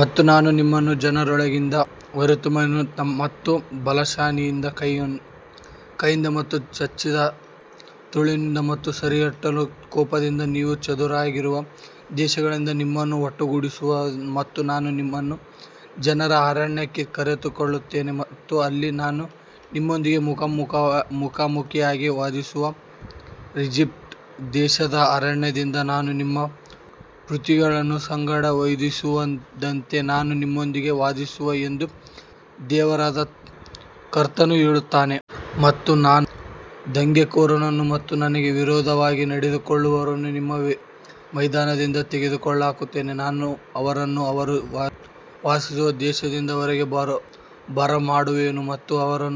ಮತ್ತು ನಾನು ನಿಮ್ಮನ್ನು ಜನರೊಳಗಿಂದ ಹೊರತರುವೆನು ಮತ್ತು ಬಲಶಾಲಿಯಾದ ಕೈಯಿಂದ ಮತ್ತು ಚಾಚಿದ ತೋಳಿನಿಂದ ಮತ್ತು ಸುರಿಯಲ್ಪಟ್ಟ ಕೋಪದಿಂದ ನೀವು ಚದುರಿಹೋಗಿರುವ ದೇಶಗಳಿಂದ ನಿಮ್ಮನ್ನು ಒಟ್ಟುಗೂಡಿಸುವೆನು. ಮತ್ತು ನಾನು ನಿಮ್ಮನ್ನು ಜನರ ಅರಣ್ಯಕ್ಕೆ ಕರೆತರುತ್ತೇನೆ ಮತ್ತು ಅಲ್ಲಿ ನಾನು ನಿಮ್ಮೊಂದಿಗೆ ಮುಖಾಮುಖಿಯಾಗಿ ವಾದಿಸುವೆನು ಈಜಿಪ್ಟ್ ದೇಶದ ಅರಣ್ಯದಲ್ಲಿ ನಾನು ನಿಮ್ಮ ಪಿತೃಗಳ ಸಂಗಡ ವಾದಿಸಿದಂತೆಯೇ ನಾನು ನಿಮ್ಮೊಂದಿಗೆ ವಾದಿಸುವೆನು ಎಂದು ದೇವರಾದ ಕರ್ತನು ಹೇಳುತ್ತಾನೆ. ಮತ್ತು ನಾನು ದಂಗೆಕೋರರನ್ನು ಮತ್ತು ನನಗೆ ವಿರುದ್ಧವಾಗಿ ನಡೆದುಕೊಳ್ಳುವವರನ್ನು ನಿಮ್ಮ ಮಧ್ಯದಿಂದ ತೆಗೆದುಹಾಕುವೆನು, ನಾನು ಅವರನ್ನು ಅವರು ವಾಸಿಸುವ ದೇಶದಿಂದ ಹೊರಗೆ ಬರಮಾಡುವೆನು ಮತ್ತು ಅವರು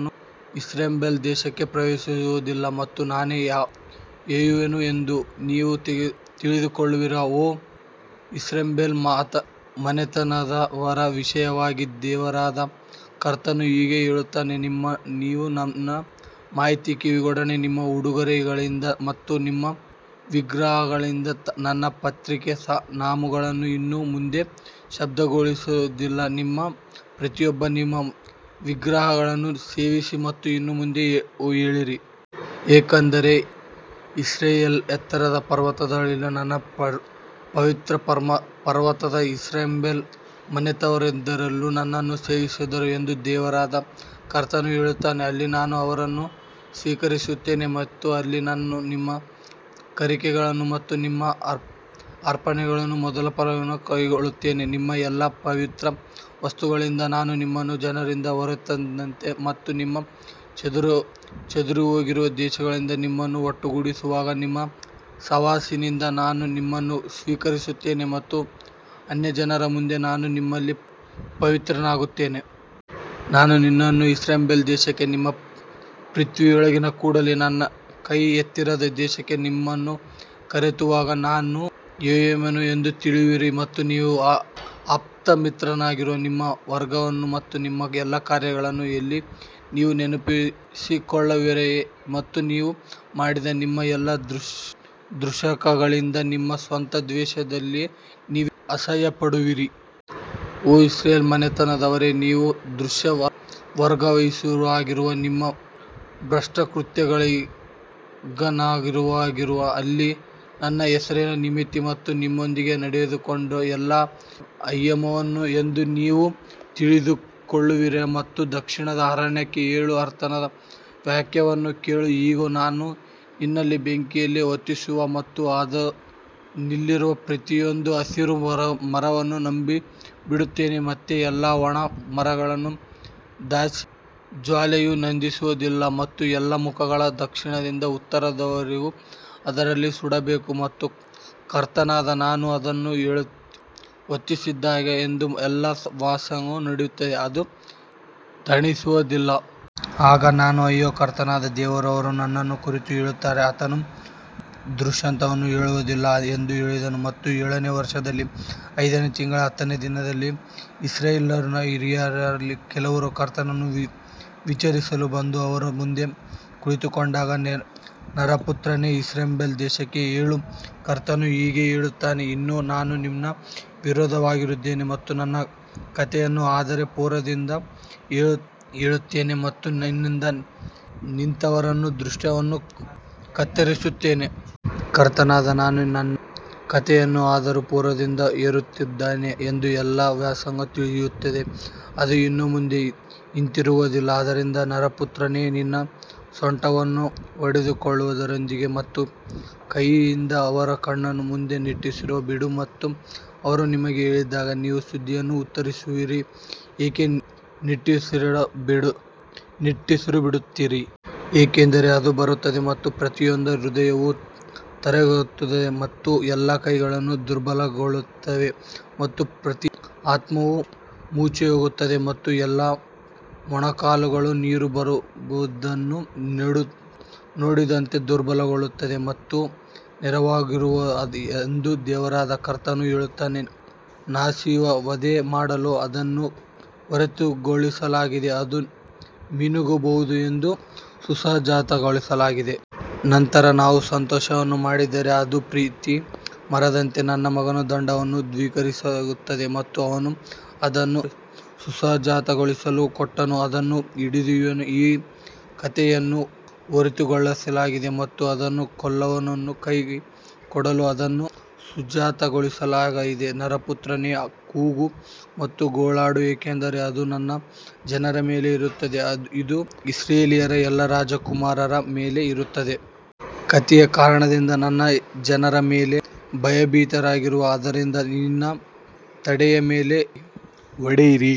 ಇಸ್ರಾಯೇಲ್ ದೇಶಕ್ಕೆ ಪ್ರವೇಶಿಸುವುದಿಲ್ಲ ಮತ್ತು ನಾನೇ ಯೆಹೋವನು ಎಂದು ನೀವು ತಿಳಿದುಕೊಳ್ಳುವಿರಿ. ಓ ಇಸ್ರಾಯೇಲ್ ಮನೆತನದವರ ವಿಷಯವಾಗಿ, ದೇವರಾದ ಕರ್ತನು ಹೀಗೆ ಹೇಳುತ್ತಾನೆ, ನೀವು ನನ್ನ ಮಾತಿಗೆ ಕಿವಿಗೊಡದೆ ನಿಮ್ಮ ಉಡುಗೊರೆಗಳಿಂದ ಮತ್ತು ನಿಮ್ಮ ವಿಗ್ರಹಗಳಿಂದ ನನ್ನ ಪವಿತ್ರ ನಾಮವನ್ನು ಇನ್ನು ಮುಂದೆ ಅಶುದ್ಧಗೊಳಿಸದಿದ್ದಲ್ಲಿ ನೀವು ಪ್ರತಿಯೊಬ್ಬರೂ ನಿಮ್ಮ ವಿಗ್ರಹಗಳನ್ನು ಸೇವಿಸಿ ಮತ್ತು ಇನ್ನು ಮುಂದೆ ಹೋಗಿರಿ. ಯಾಕಂದರೆ ಇಸ್ರಾಯೇಲ್ಯರ ಎತ್ತರದ ಪರ್ವತದಲ್ಲಿರುವ ನನ್ನ ಪವಿತ್ರ ಪರ್ವತದಲ್ಲಿ ಇಸ್ರಾಯೇಲ್ ಮನೆತನದವರೆಲ್ಲರೂ ನನ್ನನ್ನು ಸೇವಿಸುವರು ಎಂದು ದೇವರಾದ ಕರ್ತನು ಹೇಳುತ್ತಾನೆ, ಅಲ್ಲಿ ನಾನು ಅವರನ್ನು ಸ್ವೀಕರಿಸುತ್ತೇನೆ ಮತ್ತು ಅಲ್ಲಿ ನಾನು ನಿಮ್ಮ ಕಾಣಿಕೆಗಳನ್ನು ಮತ್ತು ನಿಮ್ಮ ಅರ್ಪಣೆಗಳ ಮೊದಲ ಫಲವನ್ನು ಕೇಳುತ್ತೇನೆ. ನಿಮ್ಮ ಎಲ್ಲಾ ಪವಿತ್ರ ವಸ್ತುಗಳೊಂದಿಗೆ ನಾನು ನಿಮ್ಮನ್ನು ಜನರಿಂದ ಹೊರತಂದಾಗ ಮತ್ತು ನೀವು ಚದುರಿಹೋಗಿರುವ ದೇಶಗಳಿಂದ ನಿಮ್ಮನ್ನು ಒಟ್ಟುಗೂಡಿಸುವಾಗ ನಿಮ್ಮ ಸುವಾಸನೆಯಿಂದ ನಾನು ನಿಮ್ಮನ್ನು ಸ್ವೀಕರಿಸುತ್ತೇನೆ ಮತ್ತು ಅನ್ಯಜನರ ಮುಂದೆ ನಾನು ನಿಮ್ಮಲ್ಲಿ ಪವಿತ್ರನಾಗುತ್ತೇನೆ. ನಾನು ನಿನ್ನನ್ನು ಇಸ್ರಾಯೇಲ್ ದೇಶಕ್ಕೆ ನಿಮ್ಮ ಪಿತೃಗಳಿಗೆ ಕೊಡಲು ನನ್ನ ಕೈ ಎತ್ತಿದ ದೇಶಕ್ಕೆ ನಿಮ್ಮನ್ನು ಕರೆತರುವಾಗ ನಾನೇ ಯೆಹೋವನು ಎಂದು ತಿಳಿಯುವಿರಿ. ಮತ್ತು ನೀವು ಅಪವಿತ್ರರಾಗಿರುವ ನಿಮ್ಮ ಮಾರ್ಗಗಳನ್ನು ಮತ್ತು ನಿಮ್ಮ ಎಲ್ಲಾ ಕಾರ್ಯಗಳನ್ನು ಅಲ್ಲಿ ನೀವು ನೆನಪಿಸಿಕೊಳ್ಳುವಿರಿ ಮತ್ತು ನೀವು ಮಾಡಿದ ನಿಮ್ಮ ಎಲ್ಲಾ ದುಷ್ಕೃತ್ಯಗಳಿಗಾಗಿ ನಿಮ್ಮ ಸ್ವಂತ ದೃಷ್ಟಿಯಲ್ಲಿ ನೀವೇ ಅಸಹ್ಯಪಡುವಿರಿ. ಓ ಇಸ್ರಾಯೇಲ್ ಮನೆತನದವರೇ, ನಿಮ್ಮ ದುಷ್ಟ ಮಾರ್ಗಗಳಿಗನುಸಾರವಾಗಿಯೂ ನಿಮ್ಮ ಭ್ರಷ್ಟ ಕೃತ್ಯಗಳಿಗನುಸಾರವಾಗಿಯೂ ಅಲ್ಲ, ನನ್ನ ಹೆಸರಿನ ನಿಮಿತ್ತ ನಾನು ನಿಮ್ಮೊಂದಿಗೆ ನಡೆದುಕೊಂಡಾಗ ನಾನೇ ಯೆಹೋವನು ಎಂದು ನೀವು ತಿಳಿದುಕೊಳ್ಳುವಿರಿ. ಮತ್ತು ದಕ್ಷಿಣದ ಅರಣ್ಯಕ್ಕೆ ಹೇಳು, ಕರ್ತನ ವಾಕ್ಯವನ್ನು ಕೇಳು. ಇಗೋ, ನಾನು ನಿನ್ನಲ್ಲಿ ಬೆಂಕಿಯನ್ನು ಹೊತ್ತಿಸುವೆನು ಮತ್ತು ಅದು ನಿನ್ನಲ್ಲಿರುವ ಪ್ರತಿಯೊಂದು ಹಸಿರು ಮರವನ್ನು ನುಂಗಿಬಿಡುತ್ತದೆ ಮತ್ತು ಎಲ್ಲಾ ಒಣ ಮರಗಳನ್ನು ದಹಿಸುವ ಜ್ವಾಲೆಯು ನಂದಿಸುವುದಿಲ್ಲ ಮತ್ತು ಎಲ್ಲಾ ಮುಖಗಳು ದಕ್ಷಿಣದಿಂದ ಉತ್ತರದವರೆಗೆ ಅದರಲ್ಲಿ ಸುಡಬೇಕು ಮತ್ತು ಕರ್ತನಾದ ನಾನು ಅದನ್ನು ಹೊತ್ತಿಸಿದ್ದೇನೆ ಎಂದು ಎಲ್ಲಾ ಮಾಂಸವು ನೋಡುತ್ತದೆ, ಅದು ತಣಿಸುವುದಿಲ್ಲ. ಆಗ ನಾನು ಅಯ್ಯೋ, ಕರ್ತನಾದ ದೇವರೇ, ಅವರು ನನ್ನನ್ನು ಕುರಿತು ಹೇಳುತ್ತಾರೆ, ಆತನು ದೃಷ್ಟಾಂತಗಳನ್ನು ಹೇಳುವುದಿಲ್ಲವೇ ಎಂದು ಹೇಳಿದೆನು. ಮತ್ತು ಏಳನೇ ವರ್ಷದಲ್ಲಿ ಐದನೇ ತಿಂಗಳಿನ ಹತ್ತನೆಯ ದಿನದಲ್ಲಿ ಇಸ್ರಾಯೇಲ್ಯರ ಹಿರಿಯರಲ್ಲಿ ಕೆಲವರು ಕರ್ತನನ್ನು ವಿಚಾರಿಸಲು ಬಂದು ಅವರ ಮುಂದೆ ಕುಳಿತುಕೊಂಡರು. ನರಪುತ್ರನೇ, ಇಸ್ರಾಯೇಲ್ ದೇಶಕ್ಕೆ ಹೇಳು, ಕರ್ತನು ಹೀಗೆ ಹೇಳುತ್ತಾನೆ, ಇಗೋ, ನಾನು ನಿನಗೆ ವಿರುದ್ಧವಾಗಿದ್ದೇನೆ ಮತ್ತು ನನ್ನ ಕತ್ತಿಯನ್ನು ಅದರ ಪೊರೆಯಿಂದ ಹೊರತೆಗೆಯುತ್ತೇನೆ ಮತ್ತು ನಿನ್ನಿಂದ ನೀತಿವಂತರನ್ನೂ ದುಷ್ಟರನ್ನೂ ಕತ್ತರಿಸುತ್ತೇನೆ. ಕರ್ತನಾದ ನಾನು ನನ್ನ ಕತ್ತಿಯನ್ನು ಅದರ ಪೊರೆಯಿಂದ ಹೊರತೆಗೆದಿದ್ದೇನೆ ಎಂದು ಎಲ್ಲಾ ಮಾಂಸವು ತಿಳಿಯುತ್ತದೆ, ಅದು ಇನ್ನು ಮುಂದೆ ಹಿಂತಿರುಗುವುದಿಲ್ಲ. ಆದ್ದರಿಂದ ನರಪುತ್ರನೇ, ನಿನ್ನ ಸೊಂಟವನ್ನು ಹೊಡೆದುಕೊಳ್ಳುವುದರೊಂದಿಗೆ ಮತ್ತು ಕಹಿಯಿಂದ ಅವರ ಕಣ್ಣುಗಳ ಮುಂದೆ ನಿಟ್ಟುಸಿರು ಬಿಡು. ಮತ್ತು ಅವರು ನಿಮಗೆ ಹೇಳಿದಾಗ, ನೀವು ಸುದ್ದಿಗೆ ಉತ್ತರಿಸುವಿರಿ, ಏಕೆ ನಿಟ್ಟುಸಿರುಬಿಡುತ್ತೀರಿ? ಏಕೆಂದರೆ ಅದು ಬರುತ್ತದೆ ಮತ್ತು ಪ್ರತಿಯೊಂದು ಹೃದಯವೂ ಕರಗುತ್ತದೆ ಮತ್ತು ಎಲ್ಲಾ ಕೈಗಳು ದುರ್ಬಲಗೊಳ್ಳುತ್ತವೆ ಮತ್ತು ಪ್ರತಿ ಆತ್ಮವೂ ಮೂರ್ಛೆಹೋಗುತ್ತದೆ ಮತ್ತು ಎಲ್ಲಾ ಮೊಣಕಾಲುಗಳು ನೀರು ಬರುವುದನ್ನು ನೋಡಿದಂತೆ ದುರ್ಬಲಗೊಳ್ಳುತ್ತವೆ ಮತ್ತು ನೆರವೇರುವುದು ಎಂದು ದೇವರಾದ ಕರ್ತನು ಹೇಳುತ್ತಾನೆ. ನೋಯಿಸುವ ವಧೆ ಮಾಡಲು ಅದನ್ನು ಹರಿತಗೊಳಿಸಲಾಗಿದೆ, ಅದು ಮಿನುಗಬಹುದು ಎಂದು ಸುಸಜ್ಜಿತಗೊಳಿಸಲಾಗಿದೆ. ನಂತರ ನಾವು ಸಂತೋಷವನ್ನು ಮಾಡಿದರೆ ಅದು ಪ್ರತಿ ಮರದಂತೆ ನನ್ನ ಮಗನ ದಂಡವನ್ನು ಧಿಕ್ಕರಿಸುತ್ತದೆ ಮತ್ತು ಅವನು ಅದನ್ನು ಸುಸಜ್ಜಿತಗೊಳಿಸಲು ಕೊಟ್ಟನು. ಅದನ್ನು ಹಿಡಿಯಲು ಈ ಕತ್ತಿಯನ್ನು ಹರಿತಗೊಳಿಸಲಾಗಿದೆ ಮತ್ತು ಅದನ್ನು ಕೊಲ್ಲುವವನ ಕೈಗೆ ಕೊಡಲು ಅದನ್ನು ಸುಸಜ್ಜಿತಗೊಳಿಸಲಾಗಿದೆ. ನರಪುತ್ರನೇ, ಕೂಗು ಮತ್ತು ಗೋಳಾಡು, ಏಕೆಂದರೆ ಅದು ನನ್ನ ಜನರ ಮೇಲೆ ಇರುತ್ತದೆ, ಅದು ಇಸ್ರಾಯೇಲ್ಯರ ಎಲ್ಲಾ ರಾಜಕುಮಾರರ ಮೇಲೆ ಇರುತ್ತದೆ. ಕತ್ತಿಯ ಕಾರಣದಿಂದ ನನ್ನ ಜನರ ಮೇಲೆ ಭಯಭೀತರಾಗುವರು, ಆದ್ದರಿಂದ ನಿನ್ನ ತೊಡೆಯ ಮೇಲೆ ಹೊಡೆಯಿರಿ.